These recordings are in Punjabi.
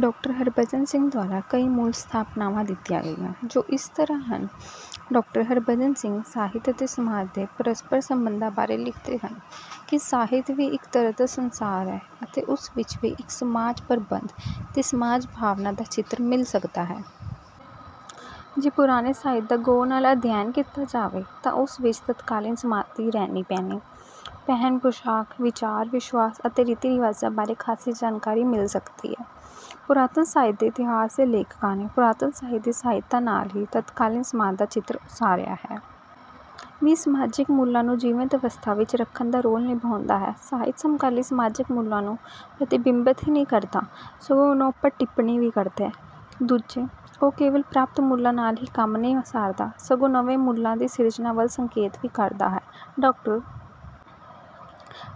ਡਾਕਟਰ ਹਰਿਭਜਨ ਸਿੰਘ ਦੁਆਰਾ ਕਈ ਮੂਲ ਸਥਾਪਨਾਵਾਂ ਦਿੱਤੀਆਂ ਗਈਆਂ, ਜੋ ਇਸ ਤਰ੍ਹਾਂ ਹਨ ਡਾਕਟਰ ਹਰਿਭਜਨ ਸਿੰਘ ਸਾਹਿਤ ਅਤੇ ਸਮਾਜ ਦੇ ਪਰਸਪਰ ਸੰਬੰਧਾਂ ਬਾਰੇ ਲਿਖਦੇ ਹਨ ਕਿ ਸਾਹਿਤ ਵੀ ਇੱਕ ਤਰ੍ਹਾਂ ਦਾ ਸੰਸਾਰ ਹੈ ਅਤੇ ਉਸ ਵਿੱਚ ਵੀ ਇੱਕ ਸਮਾਜ-ਪ੍ਰਬੰਧ ਤੇ ਸਮਾਜ-ਭਾਵਨਾ ਦਾ ਚਿੱਤਰ ਮਿਲ ਸਕਦਾ ਹੈ। ਜੇ ਪੁਰਾਣੇ ਸਾਹਿਤ ਦਾ ਗਹੁ ਨਾਲ ਅਧਿਐਨ ਕੀਤਾ ਜਾਵੇ ਤਾਂ ਉਸ ਵਿੱਚ ਤਤਕਾਲੀਨ ਸਮਾਜ ਦੀ ਰਹਿਣੀ-ਬਹਿਣੀ, ਪਹਿਨ-ਪੁਸ਼ਾਕ, ਵਿਚਾਰ-ਵਿਸ਼ਵਾਸ ਅਤੇ ਰੀਤੀ-ਰਿਵਾਜਾਂ ਬਾਰੇ ਖਾਸੀ ਜਾਣਕਾਰੀ ਮਿਲ ਸਕਦੀ ਹੈ। ਪੁਰਾਤਨ ਸਾਹਿਤ ਦੇ ਇਤਿਹਾਸ ਦੇ ਲੇਖਕਾਂ ਨੇ ਪੁਰਾਤਨ ਸਾਹਿਤ ਦੀ ਸਹਾਇਤਾ ਨਾਲ ਹੀ ਤਤਕਾਲੀਨ ਸਮਾਜ ਦਾ ਚਿੱਤਰ ਉਸਾਰਿਆ ਹੈ। ਸਾਹਿਤ ਵੀ ਸਮਾਜਿਕ ਮੁੱਲਾਂ ਨੂੰ ਜੀਵੰਤ ਅਵਸਥਾ ਵਿੱਚ ਰੱਖਣ ਦਾ ਰੋਲ ਨਿਭਾਉਂਦਾ ਹੈ। ਸਾਹਿਤ ਸਮਕਾਲੀ ਸਮਾਜਿਕ ਮੁੱਲਾਂ ਨੂੰ ਪ੍ਰਤੀਬਿੰਬਤ ਹੀ ਨਹੀਂ ਕਰਦਾ, ਸਗੋਂ ਉਨ੍ਹਾਂ ਉੱਪਰ ਟਿੱਪਣੀ ਵੀ ਕਰਦਾ ਹੈ। ਦੂਜੇ, ਉਹ ਕੇਵਲ ਪ੍ਰਾਪਤ ਮੁੱਲਾਂ ਨਾਲ ਹੀ ਕੰਮ ਨਹੀਂ ਸਾਰਦਾ, ਸਗੋਂ ਨਵੇਂ ਮੁੱਲਾਂ ਦੀ ਸਿਰਜਣਾ ਵੱਲ ਸੰਕੇਤ ਵੀ ਕਰਦਾ ਹੈ। ਡਾਕਟਰ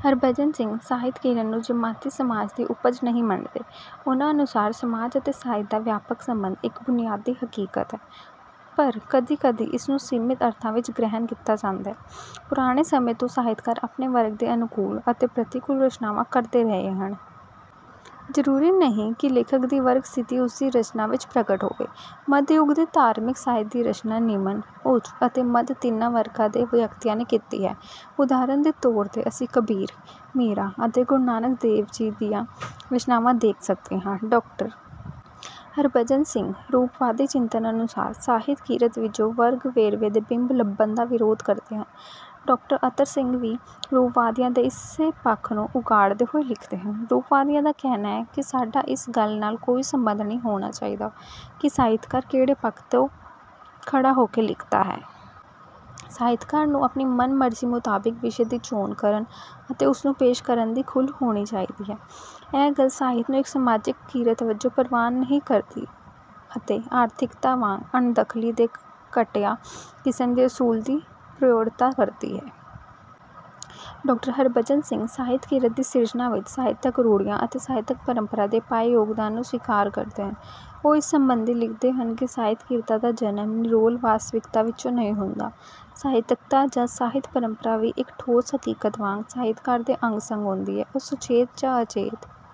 ਹਰਿਭਜਨ ਸਿੰਘ ਸਾਹਿਤ-ਕਿਰਤ ਨੂੰ ਜਮਾਤੀ ਸਮਾਜ ਦੀ ਉਪਜ ਨਹੀਂ ਮੰਨਦੇ। ਉਨ੍ਹਾਂ ਅਨੁਸਾਰ ਸਮਾਜ ਅਤੇ ਸਾਹਿਤ ਦਾ ਵਿਆਪਕ ਸੰਬੰਧ ਇੱਕ ਬੁਨਿਆਦੀ ਹਕੀਕਤ ਹੈ, ਪਰ ਕਦੀ-ਕਦੀ ਇਸਨੂੰ ਸੀਮਿਤ ਅਰਥਾਂ ਵਿੱਚ ਗ੍ਰਹਿਣ ਕੀਤਾ ਜਾਂਦਾ ਹੈ। ਪੁਰਾਣੇ ਸਮੇਂ ਤੋਂ ਸਾਹਿਤਕਾਰ ਆਪਣੇ ਵਰਗ ਦੇ ਅਨੁਕੂਲ ਅਤੇ ਪ੍ਰਤਿਕੂਲ ਰਚਨਾਵਾਂ ਕਰਦੇ ਰਹੇ ਹਨ। ਜ਼ਰੂਰੀ ਨਹੀਂ ਕਿ ਲੇਖਕ ਦੀ ਵਰਗ-ਸਥਿਤੀ ਉਸਦੀ ਰਚਨਾ ਵਿੱਚ ਪ੍ਰਗਟ ਹੋਵੇ। ਮੱਧਯੁਗ ਦੇ ਧਾਰਮਿਕ ਸਾਹਿਤ ਦੀ ਰਚਨਾ ਨਿਮਨ, ਉੱਚ ਅਤੇ ਮੱਧ ਤਿੰਨਾਂ ਵਰਗਾਂ ਦੇ ਵਿਅਕਤੀਆਂ ਨੇ ਕੀਤੀ ਹੈ। ਉਦਾਹਰਨ ਦੇ ਤੌਰ ’ਤੇ ਅਸੀਂ ਕਬੀਰ, ਮੀਰਾ ਅਤੇ ਗੁਰੂ ਨਾਨਕ ਦੇਵ ਜੀ ਦੀਆਂ ਰਚਨਾਵਾਂ ਦੇਖ ਸਕਦੇ ਹਾਂ। ਡਾਕਟਰ ਹਰਿਭਜਨ ਸਿੰਘ ਰੂਪਵਾਦੀ ਚਿੰਤਨ ਅਨੁਸਾਰ ਸਾਹਿਤ-ਕਿਰਤ ਵਿੱਚੋਂ ਵਰਗ-ਵੇਰਵੇ ਦੇ ਬਿੰਬ ਲੱਭਣ ਦਾ ਵਿਰੋਧ ਕਰਦੇ ਹਨ। ਡਾਕਟਰ ਅਤਰ ਸਿੰਘ ਵੀ ਰੂਪਵਾਦੀਆਂ ਦੇ ਇਸੇ ਪੱਖ ਨੂੰ ਉਘਾੜਦੇ ਹੋਏ ਲਿਖਦੇ ਹਨ। ਰੂਪਵਾਦੀਆਂ ਦਾ ਕਹਿਣਾ ਹੈ ਕਿ ਸਾਡਾ ਇਸ ਗੱਲ ਨਾਲ ਕੋਈ ਸਬੰਧ ਨਹੀਂ ਹੋਣਾ ਚਾਹੀਦਾ ਕਿ ਸਾਹਿਤਕਾਰ ਕਿਹੜੇ ਪੱਖ ’ਤੋ ਖੜ੍ਹਾ ਹੋ ਕੇ ਲਿਖਦਾ ਹੈ। ਸਾਹਿਤਕਾਰ ਨੂੰ ਆਪਣੀ ਮਨ-ਮਰਜ਼ੀ ਮੁਤਾਬਿਕ ਵਿਸ਼ੇ ਦੀ ਚੋਣ ਕਰਨ ਅਤੇ ਉਸਨੂੰ ਪੇਸ਼ ਕਰਨ ਦੀ ਖੁੱਲ੍ਹ ਹੋਣੀ ਚਾਹੀਦੀ ਹੈ।”ਇਹ ਗੱਲ ਸਾਹਿਤ ਨੂੰ ਇੱਕ ਸਮਾਜਿਕ ਕਿਰਤ ਵਜੋਂ ਪ੍ਰਵਾਨ ਨਹੀਂ ਕਰਦੀ ਅਤੇ ਆਰਥਿਕਤਾ ਵਾਂਗ ਅਣਦਖਲੀ ਦੇ ਘਟੀਆ ਕਿਸਮ ਦੇ ਅਸੂਲ ਦੀ ਪ੍ਰੋੜਤਾ ਕਰਦੀ ਹੈ। ਡਾਕਟਰ ਹਰਿਭਜਨ ਸਿੰਘ ਸਾਹਿਤ-ਕਿਰਤ ਦੀ ਸਿਰਜਣਾ ਵਿੱਚ ਸਾਹਿਤਕ ਰੂੜ੍ਹੀਆਂ ਅਤੇ ਸਾਹਿਤਕ-ਪਰੰਪਰਾ ਦੇ ਪਾਏ ਯੋਗਦਾਨ ਨੂੰ ਸਵੀਕਾਰ ਕਰਦੇ ਹਨ। ਉਹ ਇਸ ਸਬੰਧੀ ਲਿਖਦੇ ਹਨ ਕਿ ਸਾਹਿਤ-ਕਿਰਤਾਂ ਦਾ ਜਨਮ ਨਿਰੋਲ ਵਾਸਤਵਿਕਤਾ ਵਿੱਚੋਂ ਨਹੀਂ ਹੁੰਦਾ। ‘ਸਾਹਿਤਕਤਾ’ ਜਾਂ ‘ਸਾਹਿਤ-ਪਰੰਪਰਾ’ ਵੀ ਇੱਕ ਠੋਸ ਹਕੀਕਤ ਵਾਂਗ ਸਾਹਿਤਕਾਰ ਦੇ ਅੰਗ-ਸੰਗ ਹੁੰਦੀ ਹੈ। ਉਹ ਸੁਚੇਤ ਜਾਂ ਅਚੇਤ…